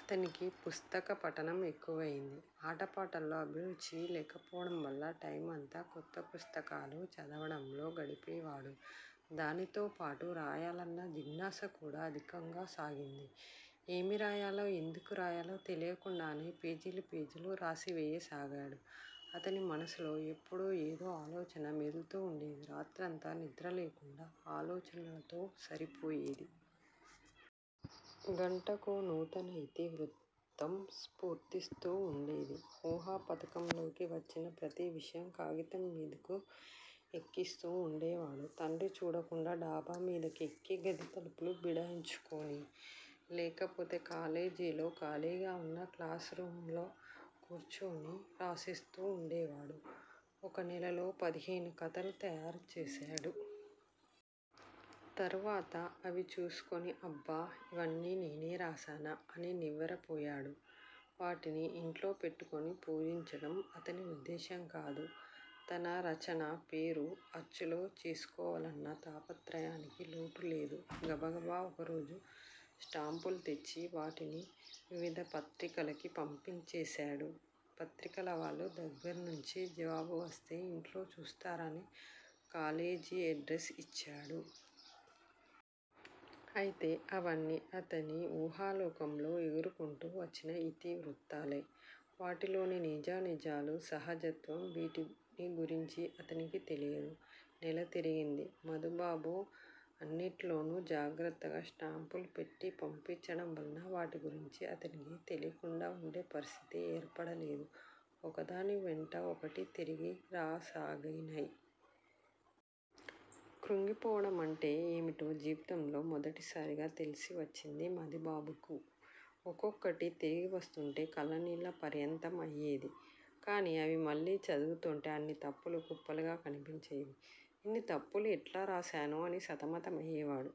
అతనికి పుస్తకపఠనం ఎక్కువయింది. ఆటపాటల్లో అభిరుచి లేకపోవటం వల్ల టైమంతా కొత్తపుస్తకాలు చదవటంలో గడిపేవాడు. దానితోపాటు రాయాలన్న జిజ్ఞాసకూడా అధికం కాసాగింది. ఏమి రాయాలో, ఎందుకు రాయాలో తెలీకుండానే పేజీలకు పేజీలు రాసివేయసాగాడు. అతని మనస్సులో ఎప్పుడూ ఏదో ఆలోచన మోదుల్తూ వుండేది. రాత్రంతా నిద్రలేకుండా ఆలోచనలతోనే సరిపోయేది. గంటకో నూతన యితివృత్తం స్ఫుర్తిస్తూవుండేది. ఊహాపథంలోకి వచ్చిన ప్రతి విషయం కాగితం మీదకు ఎక్కిస్తూ వుండేవాడు. తండ్రి చూడకుండా డాబామీదకు ఎక్కి గది తలుపులు బిడాయించుకుని, లేకపోతే కాలేజీలో ఖాళీగావున్న క్లాస్ రూమ్స్ లో కూర్చుని రాసేస్తూ వుండేవాడు. ఒక నెల్లో పదిహేను కథలు తయారుచేశాడు. తరువాత అవి చూసుకుని అబ్బా! యివన్నీ నేనే రాశానా? అని నివ్వెర పోయాడు. వాటిని ఇంట్లో పెట్టుకుని పూజించటం అతని ఉద్దేశం కాదు. తన రచన, పేరు అచ్చులో చూసుకోవాలన్న తాపత్రయానికి లోటులేదు. గబగబ ఒకరోజు స్టాంపులు తెచ్చి వాటిని వివిధపత్రికలకి పంపించేశాడు. పత్రికలవాళ్ళ దగ్గర్నుంచి జవాబు వస్తే ఇంట్లో చూస్తారని కాలేజి ఎడ్రస్ యిచ్చాడు. అయితే అవన్నీ అతని వూహాలోకంలో ఎగురుకుంటూ వచ్చిన యితి వృత్తాలే. వాటిలోని నిజానిజాలు, సహజత్వం వీటిని గురించి అతనికి తెలియదు. నెల తిరిగింది. మధుబాబు అన్నిట్లోను జాగ్రత్తగా స్టాంపులు పెట్టి పంపించటం వలన వాటిగురించి అతనికి తెలీకుండా వుండే పరిస్థితి ఏర్పడలేదు. ఒకదానివెంట ఒకటి తిరిగి రాసాగినై. కృంగిపోవటమంటే ఏమిటో జీవితంలో మొదటిసారిగా తెలిసివచ్చింది మధుబాబుకు. ఒక్కొక్కటీ తిరిగివస్తోంటే కళ్ళనీళ్ళ పర్యంతం అయేది. కాని అవి మళ్లీ చదువుతోంటే అన్నీ తప్పుల కుప్పలుగా కనిపించేవి. ఇన్ని తప్పులు ఎట్లా రాశాను అని సతమతమయేవాడు.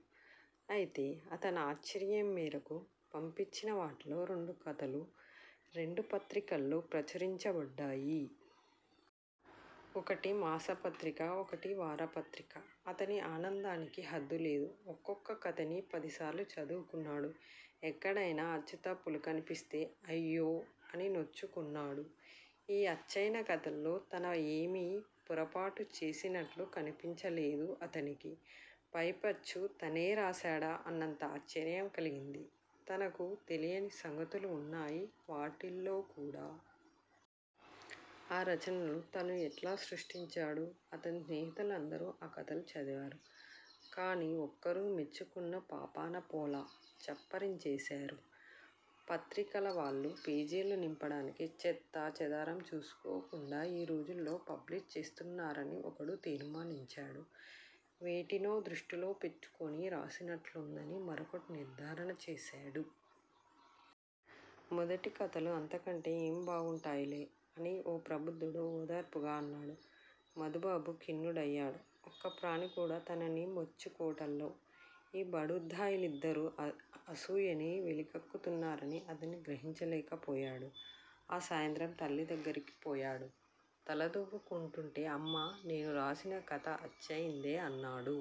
అయితే అతని ఆశ్చర్యం మేరకు పంపించినవాటిల్లో రెండుకథలు రెండు పత్రికల్లో ప్రచురించబడ్డాయి. ఒకటి మాసపత్రిక, ఒకటి వారపత్రిక. అతని ఆనందానికి హద్దులేదు. ఒక్కొక్క కథని పదిసార్లు చదువుకున్నాడు. ఎక్కడైనా అచ్చుతప్పులు కనిపిస్తే అయ్యో! అని నొచ్చుకున్నాడు. ఈ అచ్చయిన కథల్లో తను ఏమీ పొరపాటు చేసినట్లు కనిపించలేదు అతనికి. పైపెచ్చు తనే రాశాడా అన్నంత ఆశ్చర్యం కలిగింది. తనకు తెలియని సంగతులు వున్నాయి వాటిల్లోకూడా. ఆ రచనలు తను ఎట్లా సృష్టించాడు! అతని స్నేహితులందరూ ఆ కథలు చదివారు. కాని ఒక్కరూ మెచ్చుకున్న పాపాన పోలా. చప్పరించేశారు. పత్రికలవాళ్ళు పేజీలు నింపడానికి చెత్తా చెదారం చూసుకోకుండా యీ రోజుల్లో పబ్లిష్ చేస్తున్నారని ఒకడు తీర్మానించాడు. వేటినో దృష్టిలో పెట్టుకుని రాసినట్లుందని మరొకడు నిర్ధారణ చేశాడు. మొదటి కథలు అంతకంటే ఏం బాగుంటాయిలే? అని ఓ ప్రబుద్ధుడు ఓదార్పుగా అన్నాడు. మధుబాబు ఖిన్నుడయాడు. ఒక్కప్రాణికూడా తనని మెచ్చుకోటల్లో. ఈ బడుద్ధాయిలందరూ అసూయని వెలిగక్కుతున్నారని అతను గ్రహించలేక పోయాడు. ఆ సాయంత్రం తల్లిదగ్గరకు పోయాడు, తల దువ్వుకుంటూంటే. అమ్మా! నేను రాసిన కథ అచ్చయిందే అన్నాడు.